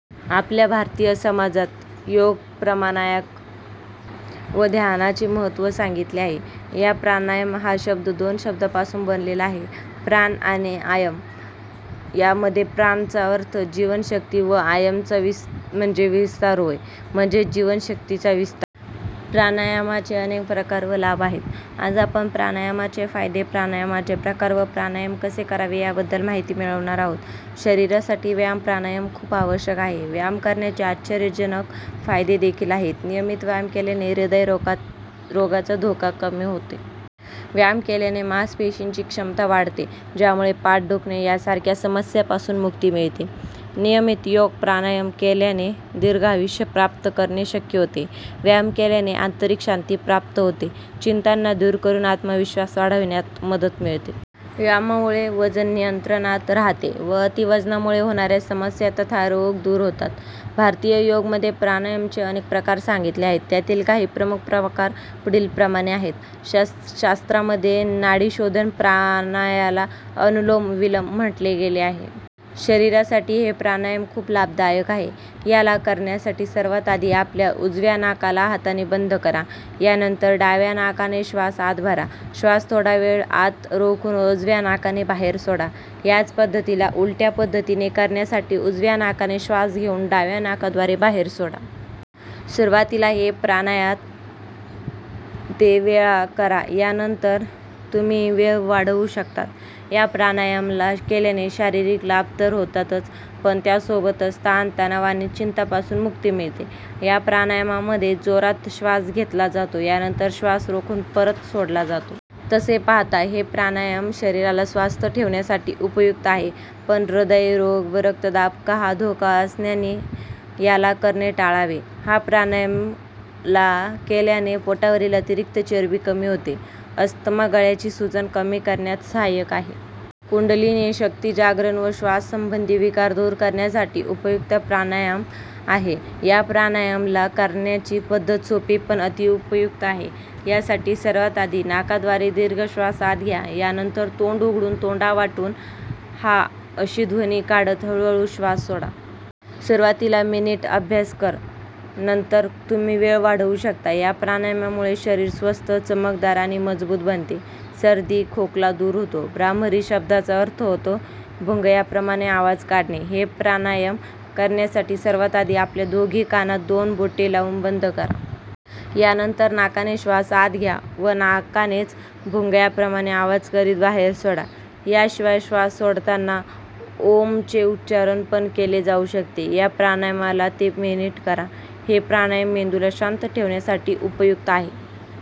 आपल्या भारतीय समाजात योग प्राणायाम व ध्यानाचे महत्त्व सांगितले आहे. प्राणायाम हा शब्द दोन शब्दापासून बनलेला आहे प्राण आणि आयम या मध्ये प्राण चा अर्थ जीवन शक्ती व आयाम म्हणजे विस्तार होय. म्हणजेच जीवन शक्तीचा विस्तार. प्राणायामाचे अनेक प्रकार व लाभ आहेत. आज आपण प्राणायामाचे फायदे, प्राणायामाचे प्रकार व प्राणायाम कसे करावे याबद्दल माहिती मिळवणार आहोत. शरीरासाठी व्यायाम, प्राणायाम खूप आवश्यक आहे व्यायाम करण्याचे आश्चर्यजनक फायदे देखील आहेत. नियमित व्यायाम केल्याने हृदय रोगाचा धोका कमी होते. व्यायाम केल्याने मास पेशींची क्षमता वाढते ज्यामुळे पाठ दुखणे या सारख्या समस्या पासून मुक्ती मिळते. नियमित योग प्राणायाम केल्याने दीर्घ आयुष्य प्राप्त करणे शक्य होते. व्यायाम केल्याने आंतरिक शांती प्राप्त होते, चिंताना दूर करून आत्मविश्वास वाढविण्यात मदत मिळते. व्यायामामुळे वजन नियंत्रणात राहते व अति वजनामुळे होणाऱ्या समस्या तथा रोग दूर होतात. भारतीय योगमध्ये प्राणायमचे अनेक प्रकार सांगितले आहेत, त्यातील काही प्रमुख प्रकार पुढील प्रमाणे आहेत. शास्त्रामध्ये नाड़ीशोधन प्राणायामला अनुलोम विलोम पण म्हटले गेले आहे. शरीरासाठी हे प्राणायाम खूप लाभदायक आहे. याला करण्यासाठी सर्वात आधी आपल्या उजव्या नाकाला हाताने बंद करा, या नंतर डाव्या नाकाने श्वास आत भरा. श्वास थोडा वेळ आत रोखून उजव्या नाकाने बाहेर सोडा. याच पद्धतीला उलट्या पद्धतीने करण्यासाठी उजव्या नाकाने श्वास घेऊन डाव्या नाकाद्वारे बाहेर सोडा. सुरुवातीला हे प्राणायाम ते वेळा करा या नंतर तुम्ही वेळ वाढवू शकतात. ह्या प्राणायाम ला केल्याने शारीरिक लाभ तर होतातच पण या सोबतच ताण तनाव आणि चिंता पासून मुक्ती मिळते. या प्राणायमामध्ये जोरात श्वास घेतला जातो या नंतर श्वास रोखून परत सोडला जातो. तसे पाहता हे प्राणायाम शरीराला स्वस्थ ठेवण्यासाठी उपयुक्त आहे पण हृदय रोग व रक्तदाब कहा धोका असणाऱ्यानी याला करणे टाळावे. ह्या प्राणायाम ला केल्याने पोटावरील अतिरिक्त चरबी कमी होते. अस्थमा, गळ्याची सुजन कमी करण्यात सहायक आहे. कुंडलिनी शक्ति जागरण व श्वास संबंधी विकार दूर करण्यासाठी उपयुक्त प्राणायाम आहे. या प्राणायाम ला करण्याची पद्धत सोपी पण अति उपयुक्त आहे. या साठी सर्वात आधी नाकाद्वारे दीर्घ श्वास आत घ्या. या नंतर तोंड उघडून तोंडावाटून 'हा' अशी ध्वनि काढत हळू हळू श्वास सोडा. सुरुवातीला मिनिट अभ्यास कर नंतर तुम्ही वेळ वाढवू शकता. या प्रणायमामुळे शरीर स्वस्थ, चमकदार आणि मजबूत बनते. सर्दी खोकला दूर होतो. भ्रामरी शब्दाचा अर्थ होतो भुंगयाप्रमाणे आवाज काढणे. हे प्राणायाम करण्यासाठी सर्वात आधी आपल्या दोघी कानात दोन बोटे लाऊन बंद करा. या नंतर नाकाने श्वास आत घ्या व नाकानेच भुंगयाप्रमाणे आवाज करीत बाहेर सोडा. या शिवाय श्वास सोडताना ओम चे उच्चारण पण केले जाऊ शकते. या प्राणायामला ते मिनिट करा. हे प्राणायाम मेंदूला शांत ठेवण्यासाठी उपयुक्त आहे.